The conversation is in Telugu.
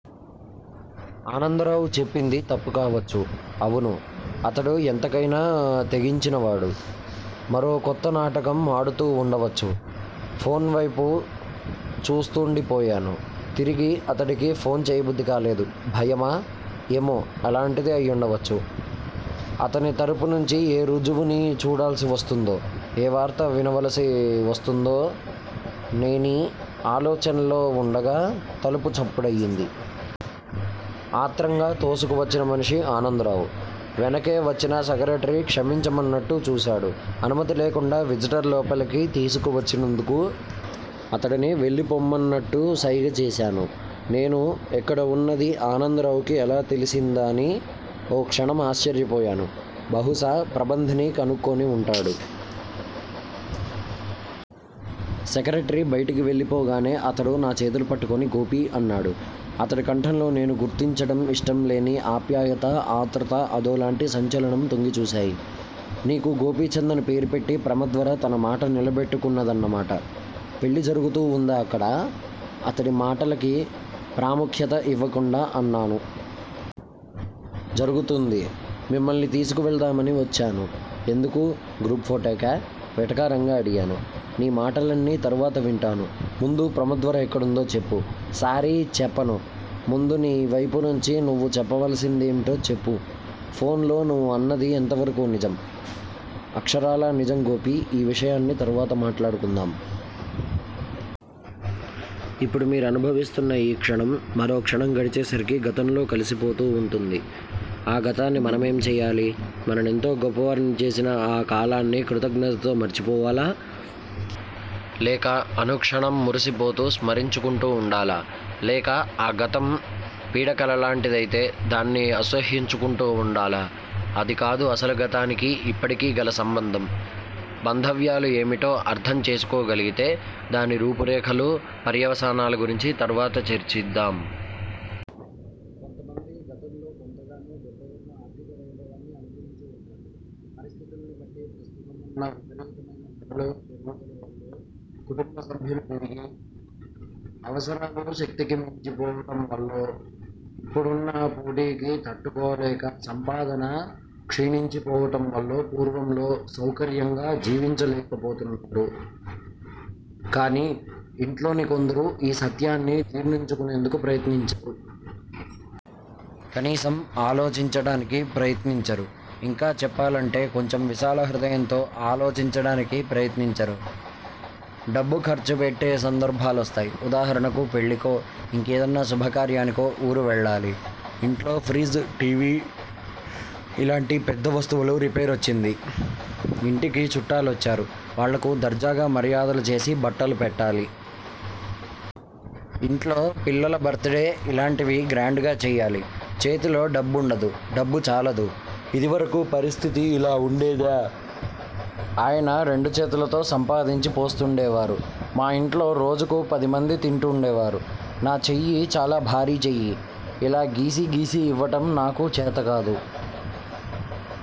ఆనందరావు చెప్పింది తప్పుకావచ్చు. అవును. అతడు ఎంతకయినా తెగించినవాడు. మరో కొత్త నాటకం ఆడుతూ వుండవచ్చు. ఫోన్ వైపే చూస్తూండిపోయాను. తిరిగి అతడికి ఫోన్ చేయబుద్ది కాలేదు. భయమా? ఏమో అటువంటిదే అయివుండవచ్చు. అతని తరపునుంచి ఏ రుజువుని చూడాల్సి వస్తుందో, ఏ వార్త వినవలసి వస్తుందో నేనీ ఆలోచనలో వుండగా తలుపు చప్పుడయింది. ఆత్రంగా తోసుకు వచ్చిన మనిషి- ఆనందరావు. వెనకే వచ్చిన సెక్రటరీ క్షమించమన్నట్టు చూశాడు. అనుమతి లేకుండా విజిటర్ లోపలికి తోసుకు వచ్చినందుకు. అతడిని వెళ్ళిపొమ్మన్నట్టు సైగ చేశాను. నేను ఎక్కడ వున్నదీ ఆనందరావుకి ఎలా తెలిసిందాని ఓ క్షణం ఆశ్చర్యపోయాను. బహుశా ప్రబంధ్ ని కనుక్కుని ఉంటాడు. సెక్రటరీ బయటికి వెళ్ళిపోగానే అతడు నా చేతులు పట్టుకుని 'గోపీ' అన్నాడు. అతడి కంఠంలో నేను గుర్తించటం ఇష్టంలేని ఆప్యాయత, ఆతృత, అదోలాంటి సంచలనం తొంగిచూశాయి. నీకు గోపీచంద్ అని పేరుపెట్టి ప్రమద్వర తన మాట నిలబెట్టుకున్న దన్నమాట. పెళ్ళి జరుగుతూ వుందా అక్కడ? అతడి మాటలకి ప్రాముఖ్యత ఇవ్వకుండా అన్నాను. జరుగుతూంది. మిమ్మల్ని తీసుకువెళ్దామనే వచ్చాను. ఎందుకు? గ్రూఫ్ ఫొటోకా? వెటకారంగా అడిగాను. నీ మాటలన్నీ తరువాత వింటాను. ముందు ప్రమద్వర ఎక్కడుందో చెప్పు. సారీ చెప్పను ముందు నీ వైపునుంచి నువ్వు చెప్పవలసిందేమిటో చెప్పు. ఫోన్ లో నువ్వు అన్నది ఎంతవరకూ నిజం? అక్షరాల నిజం గోపీ ఈ విషయాలన్నీ తరువాత మాట్లాడుకుందాం. ఇప్పుడు మీరనుభవిస్తున్న ఈ క్షణం, మరోక్షణం గడిచేసరికి గతంలో కలిసిపోతూ వుంటుంది. ఆ గతాన్ని మనమేం చేయాలి? మననెంతో గొప్పవారిని చేసిన ఆ కాలాన్ని కృతజ్ఞతతో మరిచిపోవాలా? లేక అనుక్షణం మురిసిపోతూ స్మరించుకుంటూ ఉండాలా? లేక ఆ గతం పీడకలలాంటిదైతే దాన్ని అసహ్యించుకుంటూ వుండాలా? అదికాదు అసలు గతానికీ, ఇప్పటికీ గల సంబంధ బాంధవ్యాలు ఏమిటో అర్ధం చేసుకోగలిగితే, దాని రూపురేఖలూ, పర్యవసానాల గురించి తర్వాత చర్చిద్దాం. కొంతమంది గతంలో కొంతగానో, గొప్పగానో ఆర్ధిక వైభవాన్ని అనుభవించి వుంటారు. పరిస్థితుల్ని బట్టి ప్రస్తుతమున్న విపరీతమైన ధరల పెరుగుదల వల్లో, కుటుంబసభ్యులు పెరిగి, అవసరాలు శక్తికి మించిపోవటం వల్లో, ఇప్పుడున్న పోటీకి తట్టుకోలేక సంపాదన క్షీణించిపోవటంవల్లో పూర్వంలా సౌకర్యంగా జీవించలేకపోతున్నారు. కాని ఇంట్లోని కొందరు ఈ సత్యాన్ని జీర్ణించుకునేందుకు ప్రయత్నించరు. కనీసం ఆలోచించటానికి ప్రయత్నించరు. ఇంకా చెప్పాలంటే కొంచెం విశాలహృదయంతో ఆలోచించడానికి ప్రయత్నించరు. డబ్బు ఖర్చుపెట్టే సందర్భాలొస్తాయి. ఉదాహరణకు పెళ్ళికో, ఇంకేదన్నా శుభకార్యానికో ఊరు వెళ్ళాలి. ఇంట్లో ఫ్రిజ్, టీవీ ఇలాంటి పెద్ద వస్తువులకు రిపేరొచ్చింది. ఇంటికి చుట్టాలొచ్చారు. వాళ్ళకు దర్జాగా మర్యాదలు చేసి బట్టలు పెట్టాలి. ఇంట్లో పిల్లల బర్త్ డే ఇలాంటివి గ్రాండ్ గా చెయ్యాలి. చేతిలో డబ్బుండదు డబ్బు చాలదు. ఇదివరకు పరిస్థితి ఇలా వుండేదా? ఆయన రెండుచేతులతో సంపాదించి పోస్తుండేవారు. మా ఇంట్లో రోజుకు పదిమంది తింటుండేవారు. నా చెయ్యి చాలా భారీ చెయ్యి, ఇలా గీసి గీసి ఇవ్వటం నాకు చేతకాదు.